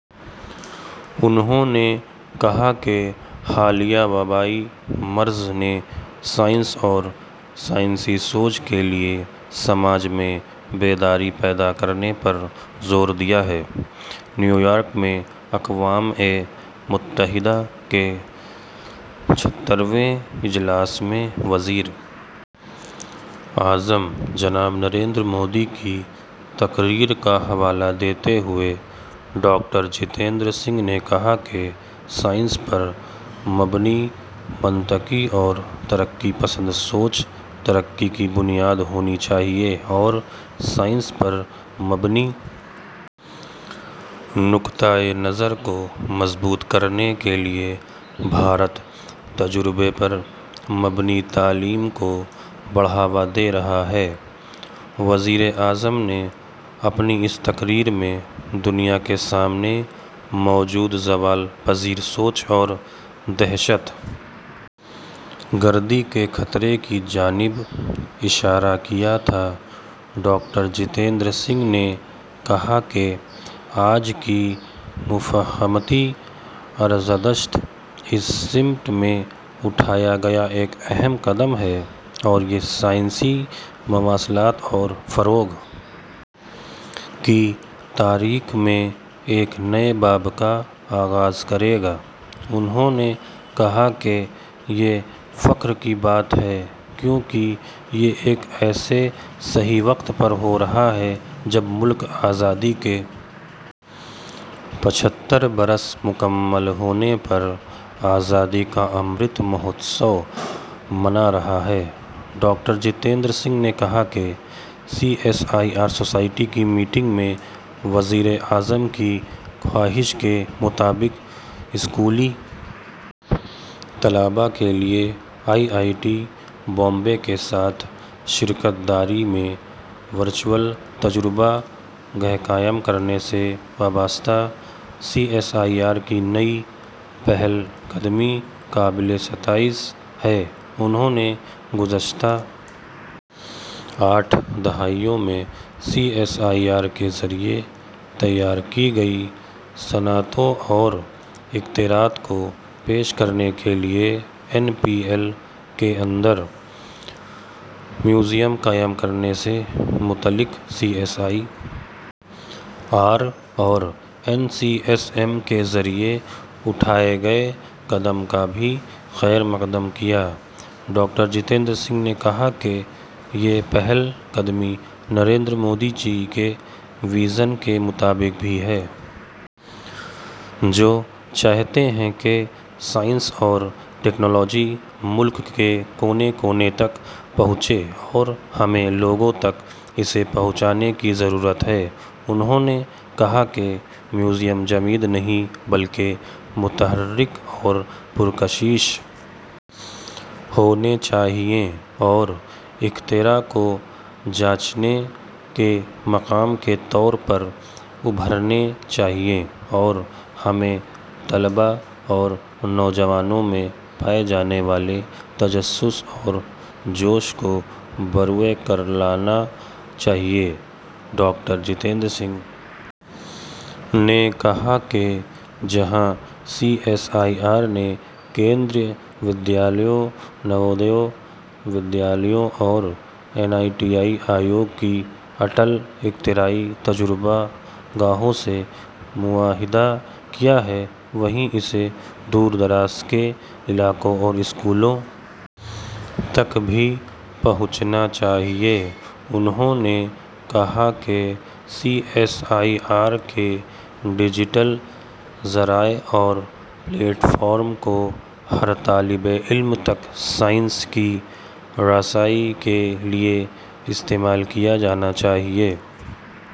انہوں نے کہا کہ حالیہ وبائی مرض نے سائنس اور سائنسی سوچ کے لیے سماج میں بیداری پیدا کرنے پر زور دیا ہے نیویارک میں اقوام متحدہ کے چھہتر ویں اجلاس میں وزیر اعظم جناب نریندر مودی کی تقریر کا حوالہ دیتے ہوئے ڈاکٹر جتیندر سنگھ نے کہا کہ سائنس پر مبنی منطقی اور ترقی پسند سوچ ترقی کی بنیاد ہونی چاہیے اور سائنس پر مبنی نقطہ نظر کو مضبوط کرنے کے لیے بھارت تجربے پر مبنی تعلیم کو بڑھاوا دے رہا ہے وزیر اعظم نے اپنی اس تقریر میں دنیا کے سامنے موجود زوال پذیر سوچ اور دہشت گردی کے خطرے کی جانب اشارہ کیا تھا ڈاکٹر جتیندر سنگھ نے کہا کہ آج کی مفاہمتی عرضداشت اس سمت میں اٹھایا گیا ایک اہم قدم ہے اور یہ سائنسی مواصلات اور فروغ کی تاریخ میں ایک نئے باب کا آغاز کرے گا انہوں نے کہا کہ یہ فخر کی بات ہے کیونکہ یہ ایک ایسے صحیح وقت پر ہو رہا ہے جب ملک آزادی کے پچھتر برس مکمل ہونے پر آزادی کا امرت مہوتسو منا رہا ہے ڈاکٹر جتیندر سنگھ نے کہا کہ C S I R society کی میٹنگ میں وزیر اعظم کی خواہش کے مطابق اسکولی طلبہ کے لیے آئی آئی ٹی بمبئی کے ساتھ شراکت داری میں ورچوئل تجربہ گاہ قائم کرنے سے وابستہ سی ایس آئی آر کی نئی پہل قدمی قابل ستائش ہے انہوں نے گزشتہ آٹھ دہائیوں میں سی ایس آئی آر کے ذریعہ تیار کی گئی صنعتوں اور اختراعات کو پیش کرنے کے لیے این پی ایل کے اندر میوزیم قائم کرنے سے متعلق سی ایس آئی آر اور این سی ایس ایم کے ذریعہ اٹھائے گئے قدم کا بھی خیرمقدم کیا ڈاکٹر جتیندر سنگھ نے کہا کہ یہ پہل قدمی نریندر مودی جی کے ویژن کے مطابق بھی ہے جو چاہتے ہیں کہ سائنس اور ٹیکنالوجی ملک کے کونے کونے تک پہنچے اور ہمیں لوگوں تک اسے پہنچانے کی ضرورت ہے انہوں نے کہا کہ میوزیم جامد نہیں بلکہ متحرک اور پرکشش ہونے چاہئیں اور اختراع کو جانچنے کے مقام کے طور پر ابھرنے چاہئیں اور ہمیں طلبہ اور نوجوانوں میں پائے جانے والے تجسس اور جوش کو بروئے کار لانا چاہیے ڈاکٹر جتیندر سنگھ نے کہا کہ جہاں سی ایس آئی آر نے کیندریہ ودیالیوں نوودیہ ودیالیوں اور نیتی آیوگ کی اٹل اختراعی تجربہ گاہوں سے معاہدہ کیا ہے وہیں اسے دور دراز کے علاقوں اور اسکولوں تک بھی پہنچنا چاہیے انہوں نے کہا کہ سی ایس آئی آر کے ڈیجیٹل ذرائع اور پلیٹ فارمز کو ہر طالب علم تک سائنس کی رسائی کے لیے استعمال کیا جانا چاہیے